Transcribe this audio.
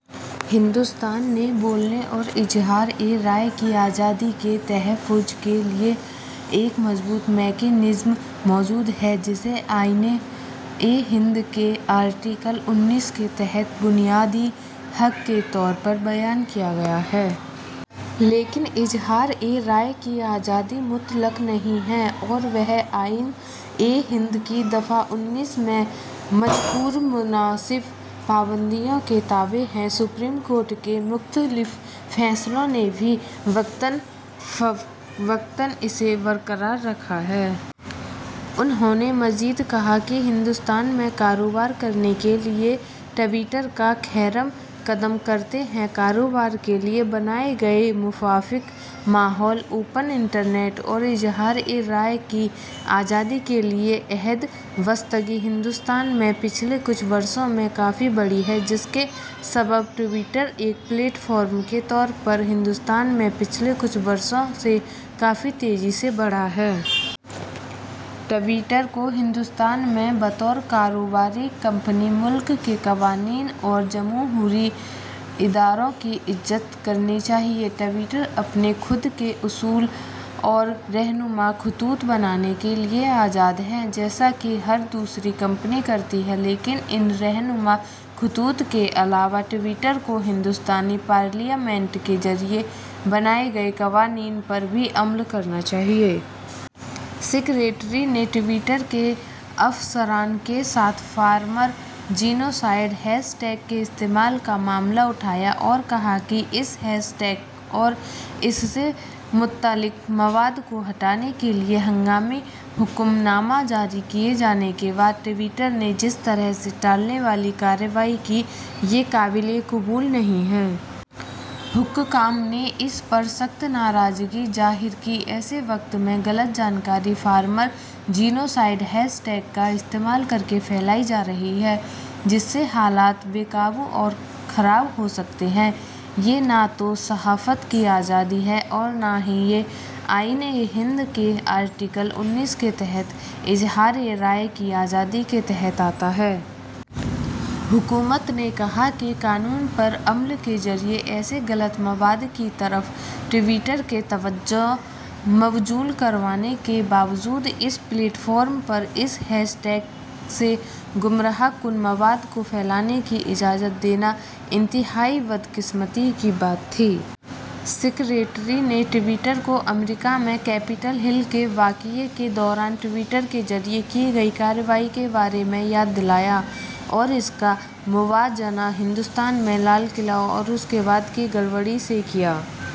ہندوستان میں بولنے اور اظہار رائے کی آزادی کے تحفظ کے لیے ایک مضبوط میکینزم موجود ہے، جسے آئین ہند کے آرٹیکل انیس کے تحت بنیادی حق کے طور پر بیان کیا گیا ہے۔ لیکن اظہار رائے کی آزادی مطلق نہیں ہے اور وہ آئین ہند کی دفعہ انیس میں مذکور مناسب پابندیوں کے تابع ہے۔ سپریم کورٹ کے مختلف فیصلوں نے بھی وقتاً فوقتاً اسے برقرار رکھا ہے۔ انہوں نے مزید کہا کہ ہندوستان میں کاروبار کرنے کے لیے ٹوئیٹر کا خیرمقدم کرتے ہیں۔ کاروبار کے لیے بنائے گئے موافق ماحول، اوپن انٹرنیٹ اور اظہار رائے کی آزادی کے لیے عہد بستگی ہندوستان میں پچھلے کچھ برسوں میں کافی بڑھی ہے، جس کے سبب ٹوئیٹر ایک پلیٹ فارم کے طور پر ہندوستان میں پچھلے کچھ برسوں میں کافی تیزی سے بڑھا ہے۔ ٹوئیٹر کو ہندوستان میں بطور کاروباری کمپنی ملک کے قوانین اور جمہوری اداروں کی عزت کرنی چاہیے۔ ٹوئیٹر اپنے خود کے اصول اور رہنما خطوط بنانے کے لیے آزاد ہے، جیسا کہ ہر دوسری کمپنی کرتی ہے، لیکن ان رہنما خطوط کے علاوہ ٹوئیٹر کو ہندوستانی پارلیمنٹ کے ذریعے بنائے گئے قوانین پر بھی عمل کرنا چاہیے۔ سکریٹری نے ٹوئیٹر کے افسران کے ساتھ فارمر جینوسائیڈ ہیش ٹیگ کے استعمال کا معاملہ اٹھایا اور کہا کہ اس ہیش ٹیگ اور اس سے متعلق مواد کو ہٹانے کے لیے ہنگامی حکم نامہ جاری کیے جانے کے بعد ٹوئیٹر نے جس طرح سے ٹالنے والی کارروائی کی، یہ قابل قبول نہیں ہے۔ حکام نے اس پر سخت ناراضگی ظاہر کی۔ ایسے وقت میں غلط جانکاری فارمر جینوسائیڈ ہیش ٹیگ کا استعمال کرکے پھیلائی جارہی ہے، جس سے حالات بے قابو اور خراب ہوسکتے ہیں۔ یہ نہ تو صحافت کی آزادی ہے اور نہ ہی یہ آئین ہند کے آرٹیکل انیس کے تحت اظہار رائے کی آزادی کے تحت آتا ہے۔ حکومت نے کہا کہ قانون پر عمل کے ذریعے ایسے غلط مواد کی طرف ٹوئیٹر کی توجہ مبذول کروانے کے باوجود اس پلیٹ فارم پر اس ہیش ٹیگ سے گمراہ کن مواد کو پھیلانے کی اجازت دینا انتہائی بدقسمتی کی بات تھی۔ سکریٹری نے ٹوئیٹر کو امریکہ میں کیپٹل ہل کے واقعہ کے دوران ٹوئیٹر کے ذریعے کی گئی کارروائی کے بارے میں یاد دلایا اور اس کا موازنہ ہندوستان میں لال قلعہ اور اس کے بعد کی گڑبڑی سے کیا۔